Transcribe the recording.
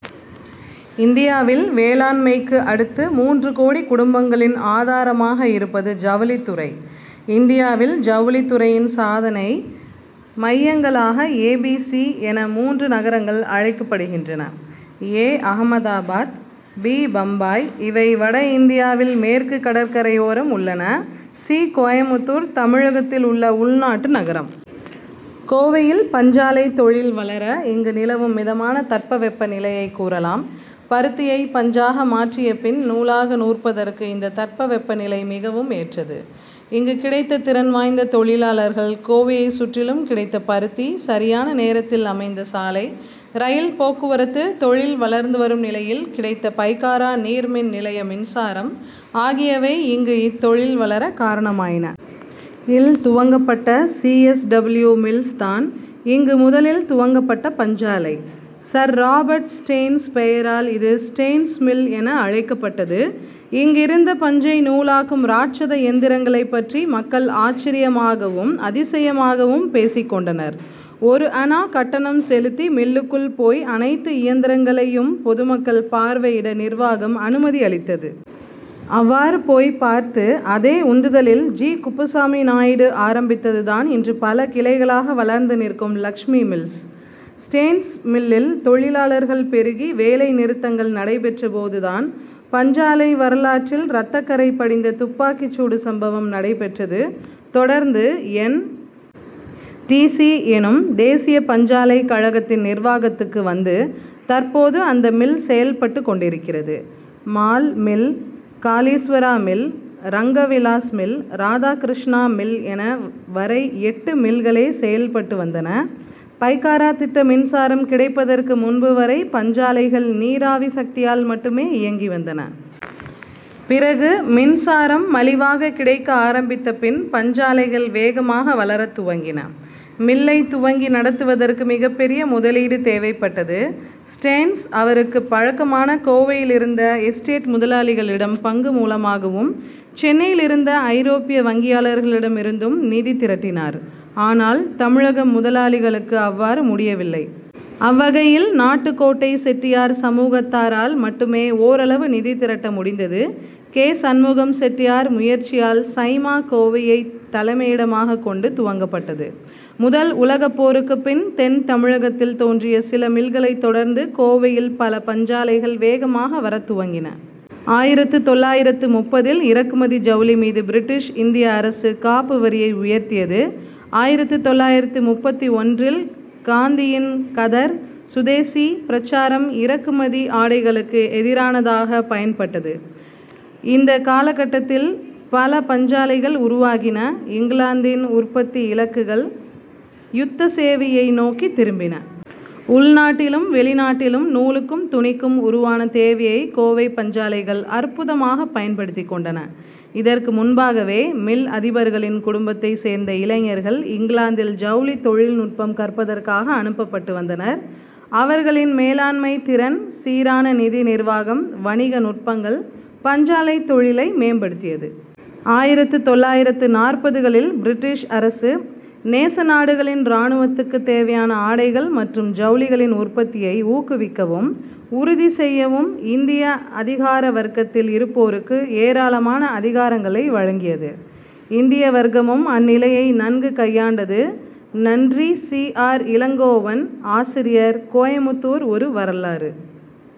இந்தியாவில், வேளாண் மைக்கு அடுத்து, மூன்று கோடி குடும்பங்களின் ஆதாரமாக இருப்பது ஜவுளித்துறை. இந்தியாவில், ஜவுளித்துறையின் சாதனை மையங்களாக ஏ, பி, சி என மூன்று நகரங்கள் அழைக்கப்படுகின்றன. ஏ- அகமதாபாத், பி- பம்பாய் இவை வடஇந்தியாவில் மேற்கு கடற்கரையோரம் உள்ளன. சி- கோயமுத்தூர் தமிழகத்தில் உள்ள உள்நாட்டு நகரம். கோவையில் பஞ்சாலைத் தொழில் வளர, இங்கு நிலவும் மிதமான தட்பவெப்பநிலையைக் கூறலாம். பருத்தியை பஞ்சாக மாற்றியபின், நூலாக நூற்பதற்கு இந்த தட்பவெப்பநிலை மிகவும் ஏற்றது. இங்கு கிடைத்த திறன் வாய்ந்த தொழிலாளர்கள், கோவையைச் சுற்றிலும் கிடைத்த பருத்தி, சரியான நேரத்தில் அமைந்த சாலை, ரயில் போக்குவரத்து, தொழில் வளர்ந்துவரும் நிலையில் கிடைத்த பைகாரா நீர்மின்நிலைய மின்சாரம் ஆகியவை இங்கு இத்தொழில் வளர காரணமாயின. ல் துவங்கப்பட்ட சி. எஸ். டபிள்யூ மில்ஸ் தான் இங்கு முதலில் துவங்கப்பட்ட பஞ்சாலை. சர். ராபர்ட் ஸ்டேன்ஸ் பெயரால் இது ஸ்டேன்ஸ் மில் என அழைக்கப்பட்டது. இங்கிருந்த, பஞ்சை நூலாக்கும் ராட்சத இயந்திரங்களைப் பற்றி மக்கள் ஆச்சரியமாகவும், அதிசயமாகவும் பேசிக் கொண்டனர். ஒரு அணா கட்டணம் செலுத்தி மில்லுக்குள் போய் அனைத்து இயந்திரங்களையும் பொதுமக்கள் பார்வையிட நிர்வாகம் அனுமதியளித்தது. அவ்வாறு போய் பார்த்து, அதே உந்துதலில் ஜி. குப்புசாமி நாயுடு ஆரம்பித்ததுதான் இன்று பல கிளைகளாக வளர்ந்து நிற்கும் லட்சுமி மில்ஸ். ஸ்டேன்ஸ் மில்லில் தொழிலாளர்கள் பெருகி, வேலை நிறுத்தங்கள் நடைபெற்றபோது தான், பஞ்சாலை வரலாற்றில் ரத்தக்கறை படிந்த துப்பாக்கிச்சூடு சம்பவம் நடைபெற்றது. தொடர்ந்து, என். டி. சி எனும் தேசிய பஞ்சாலை கழகத்தின் நிர்வாகத்துக்கு வந்து, தற்போது அந்த மில் செயல் பட்டுக் கொண்டிருக்கிறது. மால் mill, Kaleeswara mill, Ranga Vilas mill, Radhakrishna mill என வரை எட்டு மில்களே செயல்பட்டு வந்தன. பைகாரா திட்ட மின்சாரம் கிடைப்பதற்கு முன்புவரை பஞ்சாலைகள் நீராவி சக்தியால் மட்டுமே இயங்கி வந்தன. பிறகு மின்சாரம் மலிவாக கிடைக்க ஆரம்பித்த பின் பஞ்சாலைகள் வேகமாக வளரத் துவங்கின. மில்லைத் துவங்கி நடத்துவதற்கு மிகப்பெரிய முதலீடு தேவைப்பட்டது. ஸ்டேன்ஸ், அவருக்குப் பழக்கமான கோவையிலிருந்த எஸ்டேட் முதலாளிகளிடம் பங்கு மூலமாகவும், சென்னையிலிருந்த ஐரோப்பிய வங்கியாளர்களிடமிருந்தும் நிதி திரட்டினார். ஆனால், தமிழக முதலாளிகளுக்கு அவ்வாறு முடியவில்லை. அவ்வகையில், நாட்டுக் கோட்டை செட்டியார் சமூகத்தாரால் மட்டுமே ஓரளவு நிதி திரட்ட முடிந்தது. கே. சண்முகம் செட்டியார் முயற்சியால் சைமா' கோவையைத் தலைமையிடமாகக் கொண்டு துவங்கப்பட்டது. முதல் உலகப் போருக்குப் பின், தென் தமிழகத்தில் தோன்றிய சில மில்களைத் தொடர்ந்து, கோவையில் பல பஞ்சாலைகள் வேகமாக வரத் துவங்கின. ஆயிரத்து தொள்ளாயிரத்து முப்பதில் இறக்குமதி ஜவுளி மீது பிரிட்டிஷ் இந்திய அரசு காப்பு வரியை உயர்த்தியது. ஆயிரத்து தொள்ளாயிரத்து முப்பத்து ஒன்றில் காந்தியின் கதர், சுதேசி பிரசாரம் இறக்குமதி ஆடைகளுக்கு எதிரானதாகப் பயன்பட்டது. இந்த காலகட்டத்தில் பல பஞ்சாலைகள் உருவாகின. இங்கிலாந்தின் உற்பத்தி இலக்குகள் யுத்த சேவையை நோக்கித் திரும்பின. உள்நாட்டிலும் வெளிநாட்டிலும் நூலுக்கும், துணிக்கும் உருவான தேவையை கோவை பஞ்சாலைகள் அற்புதமாக பயன்படுத்திக் கொண்டன. இதற்கு முன்பாகவே, மில் அதிபர்களின் குடும்பத்தைச் சேர்ந்த இளைஞர்கள் இங்கிலாந்தில் ஜவுளித் தொழில்நுட்பம் கற்பதற்காக அனுப்பப்பட்டு வந்தனர். அவர்களின் மேலாண்மைத் திறன், சீரான நிதி நிர்வாகம், வணிக நுட்பங்கள் பஞ்சாலைத் தொழிலை மேம்படுத்தியது. ஆயிரத்து தொள்ளாயிரத்து நாற்பதுகளில், பிரிட்டிஷ் அரசு, நேச நாடுகளின் ராணுவத்துக்கு தேவையான ஆடைகள் மற்றும் ஜவுளிகளின் உற்பத்தியை ஊக்குவிக்கவும் உறுதி செய்யவும் இந்திய அதிகாரவர்க்கத்தில் இருப்போருக்கு ஏராளமான அதிகாரங்களை வழங்கியது. இந்திய வர்க்கமும் அந்நிலையை நன்கு கையாண்டது. நன்றி சி. ஆர். இளங்கோவன், ஆசிரியர், கோயமுத்தூர் ஒரு வரலாறு.